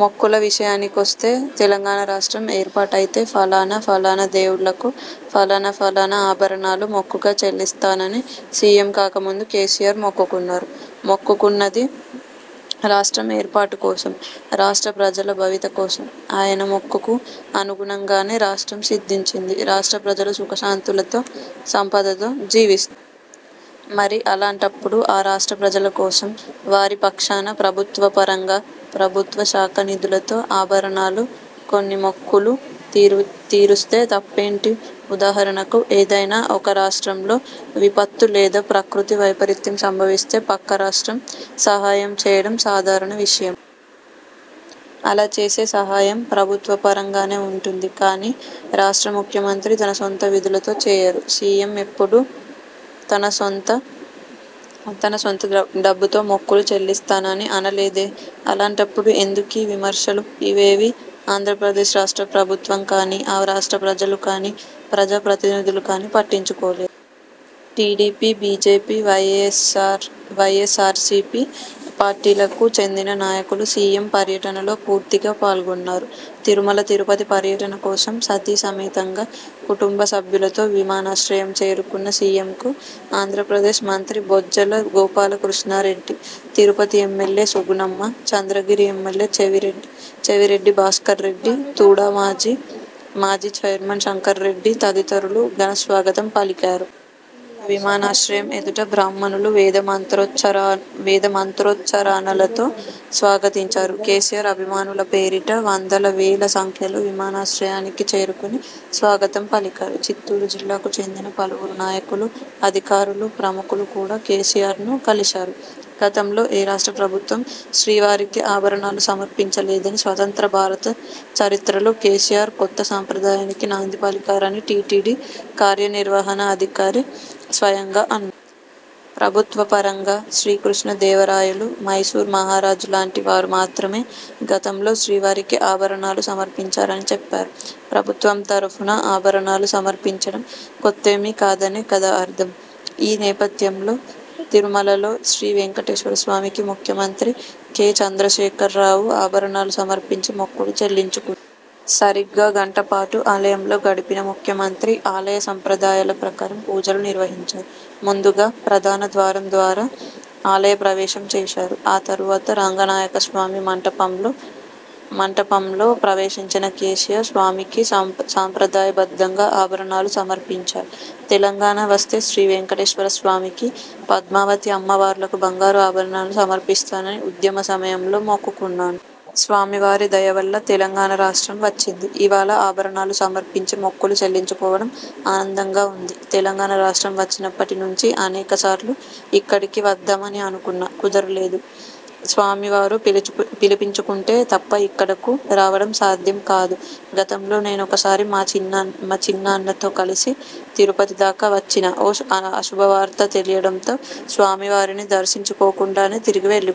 మొక్కుల విషయానికొస్తే, తెలంగాణ రాష్ట్రం ఏర్పాటైతే ఫలానా ఫలానా దేవుళ్లకు, ఫలానా ఫలానా ఆభరణాలు మొక్కుగా చెల్లిస్తానని సీఎం కాకముందు కేసీఆర్ మొక్కున్నారు. మొక్కుకున్నది రాష్ట్రం ఏర్పాటు కోసం. రాష్ట్ర ప్రజల భవిత కోసం. ఆయన మొక్కుకు అనుగుణంగానే రాష్ట్రం సిద్ధించింది. రాష్ట్ర ప్రజలు సుఖశాంతులతో, సంపదతో జీవిస్తున్నారు. మరి, అలాంటప్పుడు, ఆ రాష్ట్ర ప్రజల కోసం, వారి పక్షాన ప్రభుత్వ పరంగా, ప్రభుత్వ శాఖ నిధులతో, ఆభరణాలు కొని మొక్కులు తీరుస్తే తప్పేంటి? ఉదాహరణకు, ఏదైనా ఒక రాష్ట్రంలో విపత్తు లేదా ప్రకృతి వైపరీత్యం సంభవిస్తే, పక్క రాష్ట్రం సహాయం చేయడం సాధారణ విషయం. అలా చేసే సహాయం ప్రభుత్వ పరంగానే వుంటుంది కానీ, రాష్ట్ర ముఖ్యమంత్రి తన సొంత నిధులతో చేయరు. సీఎం ఎప్పుడూ తన సొంత డబ్బుతో మొక్కులు చెల్లిస్తానని అనలేదే? అలాంటప్పుడు ఎందుకీ విమర్శలు? ఇవేవీ ఆంధ్రప్రదేశ్ రాష్ట్ర ప్రభుత్వం కానీ, ఆ రాష్ట్ర ప్రజలు కానీ, ప్రజా ప్రతినిధులు కానీ పట్టించుకోలేదు. టీడీపీ, బీజేపీ, వైఎస్ఆర్సీపీ పార్టీలకు చెందిన నాయకులు సీఎం పర్యటనలో పూర్తిగా పాల్గొన్నారు. తిరుమల తిరుపతి పర్యటన కోసం సతీ సమేతంగా, కుటంబ సభ్యులతో విమానాశ్రయం చేరుకున్న సీఎంకు ఆంధ్రప్రదేశ్ మంత్రి బొజ్జల గోపాల కృష్ణారెడ్డి, తిరుపతి ఎమ్మెల్యే సుగుణమ్మ, చంద్రగిరి ఎమ్మెల్యే చెవిరెడ్డి భాస్కర్ రెడ్డి, తుడా మాజీ చైర్మన్ శంకర్ రెడ్డి తదితరులు ఘనస్వాగతం పలికారు. విమానాశ్రయం ఎదుట బ్రాహ్మణులు వేదమంత్రోచ్ఛారణలతో స్వాగతించారు. కేసీఆర్ అభిమానుల పేరిట వందల వేల సంఖ్యలో విమానాశ్రయానికి చేరుకుని స్వాగతం పలికారు. చిత్తూరు జిల్లాకు చెందిన పలువురు నాయకులు, అధికారులు, ప్రముఖులు కూడా కేసీఆర్ను కలిశారు. గతంలో ఏ రాష్ట్ర ప్రభుత్వం శ్రీవారికి ఆభరణాలు సమర్పించలేదని, స్వతంత్ర భారత చరిత్రలో కేసీఆర్ కొత్త సాంప్రదాయానికి నాంది పలికారని టీటీడీ కార్యనిర్వహణ అధికారి స్వయంగా అన్నారు. ప్రభుత్వ పరంగా, శ్రీకృష్ణ దేవరాయలు, మైసూర్ మహారాజు లాంటి వారు మాత్రమే గతంలో శ్రీవారికి ఆభరణాలు సమర్పించారని చెప్పారు. ప్రభుత్వం తరఫున ఆభరణాలు సమర్పించడం కొత్తేమీ కాదనే కదా అర్థం? ఈ నేపథ్యంలో, తిరుమలలో శ్రీ వెంకటేశ్వర స్వామికి ముఖ్యమంత్రి కె. చంద్రశేఖర్ రావు ఆభరణాలు సమర్పించి మొక్కులు చెల్లించుకున్నారు. సరిగ్గా గంటపాటు ఆలయంలో గడిపిన ముఖ్యమంత్రి ఆలయ సంప్రదాయాల ప్రకారం పూజలు నిర్వహించారు. ముందుగా, ప్రధాన ద్వారం ద్వారా ఆలయ ప్రవేశం చేశారు. ఆ తరువాత రంగనాయకస్వామి మంటపంలో ప్రవేశించిన కేసీఆర్ స్వామికి సాంప్రదాయ బద్ధంగా ఆభరణాలు సమర్పించారు. ''తెలంగాణ వస్తే శ్రీ వెంకటేశ్వరస్వామికి, పద్మావతి అమ్మవార్లకు బంగారు ఆభరణాలు సమర్పిస్తానని ఉద్యమ సమయంలో మొక్కుకున్నాను. స్వామి వారి దయవల్ల తెలంగాణ రాష్ట్రం వచ్చింది. ఇవాళ ఆభరణాలు సమర్పించి మొక్కులు చెల్లించుకోవడం ఆనందంగా ఉంది. తెలంగాణ రాష్ట్రం వచ్చినప్పటి నుంచి అనేక సార్లు ఇక్కడికి వద్దామని అనుకున్నా కుదరలేదు. స్వామి వారు పిలిపించుకుంటే తప్ప ఇక్కడకు రావడం సాధ్యం కాదు. గతంలో నేనొకసారి మా చిన్నాన్నతో కలిసి తిరుపతి దాకా వచ్చినా ఓ అశుభవార్త తెలియడంతో స్వామి వారిని దర్శించుకోకుండానే తిరిగి వెల్లిపోయాను.